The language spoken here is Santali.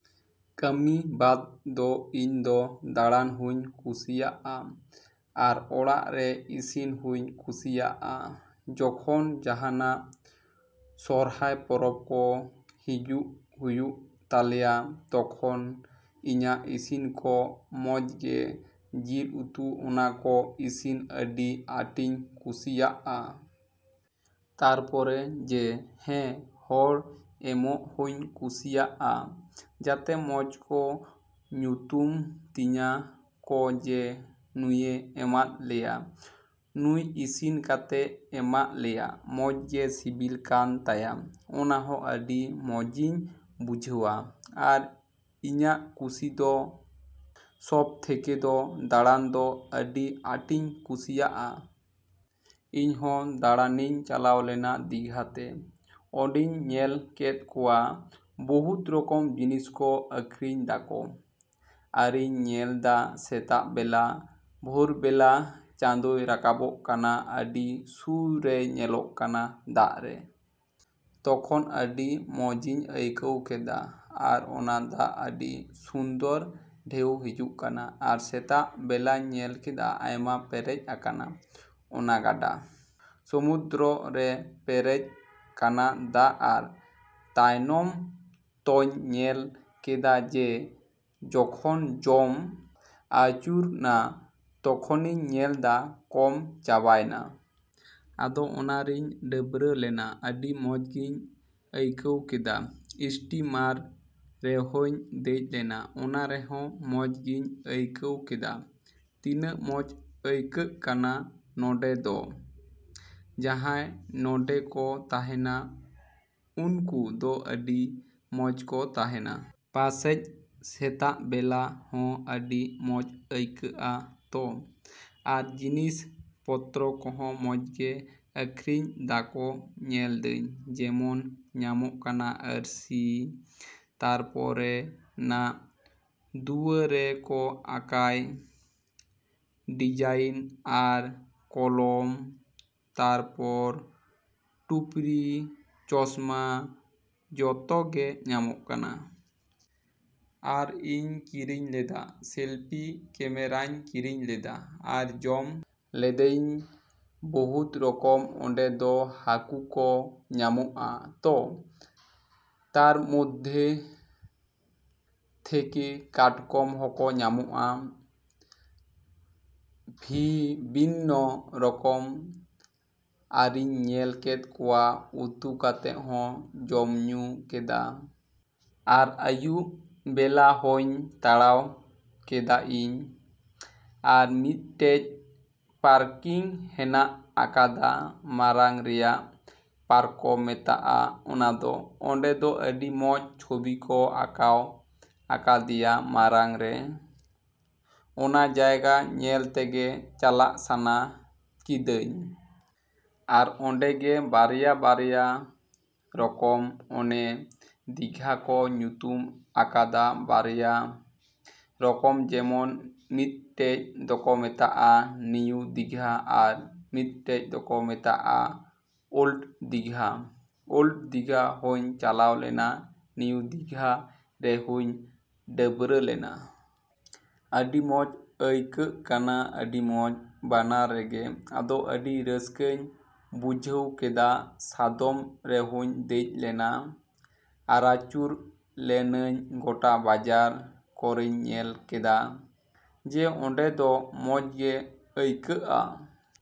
ᱠᱟᱹᱢᱤ ᱵᱟᱫᱽ ᱫᱚ ᱤᱧ ᱫᱚ ᱫᱟᱬᱟᱱ ᱦᱩᱧ ᱠᱩᱥᱤᱭᱟᱜᱼᱟ, ᱟᱨ ᱚᱲᱟᱜ ᱨᱮ ᱤᱥᱤᱱ ᱦᱩᱧ ᱠᱩᱥᱤᱭᱟᱜᱼᱟ᱾ ᱡᱚᱠᱷᱚᱱ ᱡᱟᱦᱟᱱᱟᱜ ᱥᱚᱨᱦᱟᱭ ᱯᱚᱨᱚᱵᱽ ᱠᱚ ᱦᱤᱡᱩᱜ ᱦᱩᱭᱩᱜ ᱛᱟᱞᱮᱭᱟ, ᱛᱚᱠᱷᱚᱱ ᱤᱧᱟᱹᱜ ᱤᱥᱤᱱ ᱠᱚ ᱢᱚᱡᱽ ᱜᱮ ᱡᱤᱞ ᱩᱛᱩ ᱚᱱᱟ ᱠᱚ ᱤᱥᱤᱱ ᱟᱹᱰᱤ ᱟᱸᱴᱤᱧ ᱠᱩᱥᱤᱭᱟᱜᱼᱟ᱾ ᱛᱟᱨᱯᱚᱨᱮ ᱡᱮ, ᱦᱮᱸ ᱦᱚᱲ ᱮᱢᱚᱜ ᱦᱚᱧ ᱠᱩᱥᱤᱭᱟᱜᱼᱟ, ᱡᱟᱛᱮ ᱢᱚᱡᱽ ᱠᱚ ᱧᱩᱛᱩᱢ ᱛᱤᱧᱟ ᱠᱚ ᱡᱮ ᱱᱩᱭᱮ ᱮᱢᱟᱫ ᱞᱮᱭᱟ, ᱱᱩᱭ ᱤᱥᱤᱱ ᱠᱟᱛᱮ ᱮᱢᱟᱜ ᱞᱮᱭᱟ᱾ ᱢᱚᱡᱽ ᱜᱮ ᱥᱤᱵᱤᱞ ᱠᱟᱱ ᱛᱟᱭᱟ᱾ ᱚᱱᱟ ᱦᱚᱸ ᱟᱹᱰᱤ ᱢᱚᱡᱤᱧ ᱵᱩᱡᱷᱟᱹᱣᱟ᱾ ᱟᱨ, ᱤᱧᱟᱹᱜ ᱠᱩᱥᱤ ᱫᱚ, ᱥᱚᱵᱽ ᱛᱷᱮᱠᱮ ᱫᱚ ᱫᱟᱬᱟᱱ ᱫᱚ ᱟᱹᱰᱤ ᱟᱸᱴᱤᱧ ᱠᱩᱥᱤᱭᱟᱜᱼᱟ᱾ ᱤᱧ ᱦᱚᱸ ᱫᱟᱬᱟᱱᱤᱧ ᱪᱟᱞᱟᱣ ᱞᱮᱱᱟ ᱫᱤᱜᱷᱟ ᱛᱮ᱾ ᱚᱸᱰᱮᱧ ᱧᱮᱞ ᱠᱮᱫ ᱠᱚᱣᱟ ᱵᱚᱦᱩᱛ ᱨᱚᱠᱚᱢ ᱡᱤᱱᱤᱥ ᱠᱚ ᱟᱠᱷᱨᱤᱧ ᱫᱟᱠᱚ᱾ ᱟᱨᱤᱧ ᱧᱮᱞᱫᱟ ᱥᱮᱛᱟᱜ ᱵᱮᱞᱟ, ᱵᱷᱳᱨ ᱵᱮᱞᱟ ᱪᱟᱸᱫᱚᱭ ᱨᱟᱠᱟᱵᱚᱜ ᱠᱟᱱᱟ, ᱟᱹᱰᱤ ᱥᱩᱨ ᱨᱮᱭ ᱧᱮᱞᱚᱜ ᱠᱟᱱᱟ ᱫᱟᱜ ᱨᱮ᱾ ᱛᱚᱠᱷᱚᱱ ᱟᱹᱰᱤ ᱢᱚᱸᱡᱤᱧ ᱟᱹᱭᱠᱟᱹᱣ ᱠᱮᱫᱟ ᱟᱨ ᱚᱱᱟ ᱫᱟᱜ ᱟᱹᱰᱤ ᱥᱩᱱᱫᱚᱨ ᱰᱷᱮᱣ ᱦᱤᱡᱩᱜ ᱠᱟᱱᱟ ᱟᱨ ᱥᱮᱛᱟᱜ ᱵᱮᱞᱟᱧ ᱧᱮᱞ ᱠᱮᱫᱟ ᱟᱭᱢᱟ ᱯᱮᱨᱮᱡ ᱟᱠᱟᱱᱟ, ᱚᱱᱟ ᱜᱟᱰᱟ᱾ ᱥᱚᱢᱩᱫᱨᱚ ᱨᱮ ᱯᱮᱨᱮᱡ ᱠᱟᱱᱟ ᱫᱟᱜ ᱟᱨ ᱛᱟᱭᱱᱚᱢ ᱛᱚᱧ ᱧᱮᱞ ᱠᱮᱫᱟ ᱡᱮ ᱡᱚᱠᱷᱚᱱ ᱡᱚᱢ ᱟᱪᱩᱨᱱᱟ ᱛᱚᱠᱷᱚᱱᱤᱧ ᱧᱮᱞ ᱫᱟ ᱠᱚᱢ ᱪᱟᱵᱟᱭᱱᱟ᱾ ᱟᱫᱚ ᱚᱱᱟ ᱨᱤᱧ ᱰᱟᱹᱵᱨᱟᱹ ᱞᱮᱱᱟ᱾ ᱟᱹᱰᱤ ᱢᱚᱡᱽᱜᱤᱧ ᱟᱹᱭᱠᱟᱹᱣ ᱠᱮᱫᱟ, ᱥᱴᱤᱢᱟᱨ ᱨᱮᱦᱚᱧ ᱫᱮᱡ ᱞᱮᱱᱟ᱾ ᱚᱱᱟ ᱨᱮᱦᱚᱸ ᱢᱚᱡᱽ ᱜᱤᱧ ᱟᱭᱠᱟᱹᱣ ᱠᱮᱫᱟ᱾ ᱛᱤᱱᱟᱹᱜ ᱢᱚᱡᱽ ᱟᱹᱭᱠᱟᱹᱜ ᱠᱟᱱᱟ ᱱᱚᱸᱰᱮ ᱫᱚ᱾ ᱡᱟᱦᱟᱸᱭ ᱱᱚᱸᱰᱮ ᱠᱚ ᱛᱟᱦᱮᱱᱟ ᱩᱱᱠᱩ ᱫᱚ ᱟᱹᱰᱤ ᱢᱚᱡᱽ ᱠᱚ ᱛᱟᱦᱮᱱᱟ᱾ ᱯᱟᱥᱮᱡ ᱥᱮᱛᱟᱜ ᱵᱮᱞᱟ ᱦᱚᱸ ᱟᱹᱰᱤ ᱢᱚᱡᱽ ᱟᱹᱭᱠᱟᱹᱜᱼᱟ ᱛᱚ᱾ ᱟᱨ ᱡᱤᱱᱤᱥ ᱯᱚᱛᱨᱚ ᱠᱚᱦᱚᱸ ᱢᱚᱡᱽ ᱜᱮ ᱟᱠᱷᱨᱤᱧ ᱫᱟᱠᱚ ᱧᱮᱞ ᱫᱟᱹᱧ, ᱡᱮᱢᱚᱱ ᱧᱟᱢᱚᱜ ᱠᱟᱱᱟ ᱟᱨᱥᱤ, ᱛᱟᱨᱯᱚᱨᱮ ᱱᱟᱜ ᱫᱩᱣᱟᱹᱨ ᱨᱮ ᱠᱚ ᱟᱸᱠᱟᱭ᱾ ᱰᱤᱡᱟᱭᱤᱱ ᱟᱨ ᱠᱚᱞᱚᱢ ᱛᱟᱨᱯᱚᱨ ᱴᱩᱯᱨᱤ, ᱪᱚᱥᱢᱟ ᱡᱚᱛᱚ ᱜᱮ ᱧᱟᱢᱚᱜ ᱠᱟᱱᱟ᱾ ᱟᱨ ᱤᱧ ᱠᱤᱨᱤᱧ ᱞᱮᱫᱟᱼ ᱥᱮᱞᱯᱤ ᱠᱮᱢᱮᱨᱟᱧ ᱠᱤᱨᱤᱧ ᱞᱮᱫᱟ᱾ ᱟᱨ ᱡᱚᱢ ᱞᱮᱫᱮᱭᱤᱧ ᱵᱚᱦᱩᱛ ᱨᱚᱠᱚᱢ ᱚᱸᱰᱮ ᱫᱚ ᱦᱟᱹᱠᱩ ᱠᱚ ᱧᱟᱢᱚᱜᱼᱟ ᱛᱚ ᱛᱟᱨ ᱢᱚᱫᱽᱫᱷᱮ ᱛᱷᱮᱠᱮ ᱠᱟᱴᱠᱚᱢ ᱦᱚᱸᱠᱚ ᱧᱟᱢᱚᱜᱼᱟ᱾ ᱵᱷᱤᱵᱤᱱᱱᱚ ᱨᱚᱠᱚᱢ ᱟᱨᱤᱧ ᱧᱮᱞ ᱠᱮᱫ ᱠᱚᱣᱟ ᱩᱛᱩ ᱠᱟᱛᱮ ᱦᱚᱸ ᱡᱚᱢᱼᱧᱩ ᱠᱮᱫᱟ᱾ ᱟᱨ ᱟᱭᱩᱵ ᱵᱮᱞᱟ ᱦᱚᱧ ᱛᱟᱲᱟᱣ ᱠᱮᱫᱟ ᱤᱧ᱾ ᱟᱨ ᱢᱤᱫᱴᱮᱡ ᱯᱟᱨᱠᱤᱝ ᱦᱮᱱᱟᱜ ᱟᱠᱟᱫᱟ᱾ ᱢᱟᱨᱟᱝ ᱨᱮᱭᱟᱜ ᱯᱟᱨᱠ ᱠᱚ ᱢᱮᱛᱟᱜᱼᱟ ᱚᱱᱟ ᱫᱚ᱾ ᱚᱸᱰᱮ ᱫᱚ ᱟᱹᱰᱤ ᱢᱚᱡᱽ ᱪᱷᱚᱵᱤ ᱠᱚ ᱟᱸᱠᱟᱣ ᱟᱠᱟᱫᱮᱭᱟ ᱢᱟᱨᱟᱝ ᱨᱮ᱾ ᱚᱱᱟ ᱡᱟᱭᱜᱟ ᱧᱮᱞ ᱛᱮᱜᱮ ᱪᱟᱞᱟᱜ ᱥᱟᱱᱟ ᱠᱤᱫᱟᱹᱧ᱾ ᱟᱨ ᱚᱸᱰᱮ ᱜᱮ ᱵᱟᱨᱭᱟ ᱵᱟᱨᱭᱟ ᱨᱚᱠᱚᱢ, ᱚᱱᱮ ᱫᱤᱜᱷᱟ ᱠᱚ ᱧᱩᱛᱩᱢ ᱟᱠᱟᱫᱟ ᱵᱟᱨᱭᱟ ᱨᱚᱠᱚᱢ ᱡᱮᱢᱚᱱ, ᱢᱤᱫᱴᱮᱡ ᱫᱚᱠᱚ ᱢᱮᱛᱟᱜᱼᱟ ᱱᱤᱭᱩ ᱫᱤᱜᱷᱟ ᱟᱨ ᱢᱤᱫᱴᱮᱡ ᱫᱚᱠᱚ ᱢᱮᱛᱟᱜᱼᱟ ᱳᱞᱰ ᱫᱤᱜᱷᱟ᱾ ᱳᱞᱰ ᱫᱤᱜᱷᱟ ᱦᱚᱧ ᱪᱟᱞᱟᱣ ᱞᱮᱱᱟ, ᱱᱤᱭᱩ ᱫᱤᱜᱷᱟ ᱨᱮᱦᱚᱧ ᱰᱟᱹᱵᱨᱟᱹ ᱞᱮᱱᱟ᱾ ᱟᱰᱤ ᱢᱚᱡᱽ ᱟᱹᱭᱠᱟᱹᱜ ᱠᱟᱱᱟ, ᱟᱰᱤ ᱢᱚᱡᱽ᱾ ᱵᱟᱱᱟᱨ ᱨᱮᱜᱮ, ᱟᱫᱚ ᱟᱹᱰᱤ ᱨᱟᱹᱥᱠᱟᱹᱧ ᱵᱩᱡᱷᱟᱹᱣ ᱠᱮᱫᱟ᱾ ᱥᱟᱫᱚᱢ ᱨᱮᱦᱚᱧ ᱫᱮᱡ ᱞᱮᱱᱟ ᱟᱨᱟᱪᱩᱨ ᱞᱮᱱᱟᱹᱧ ᱜᱚᱴᱟ ᱵᱟᱡᱟᱨ ᱠᱚᱨᱮᱧ ᱧᱮᱞ ᱠᱮᱫᱟ, ᱡᱮ ᱱᱚᱸᱰᱮ ᱫᱚ ᱢᱚᱡᱽ ᱜᱮ ᱟᱹᱭᱠᱟᱹᱜᱼᱟ।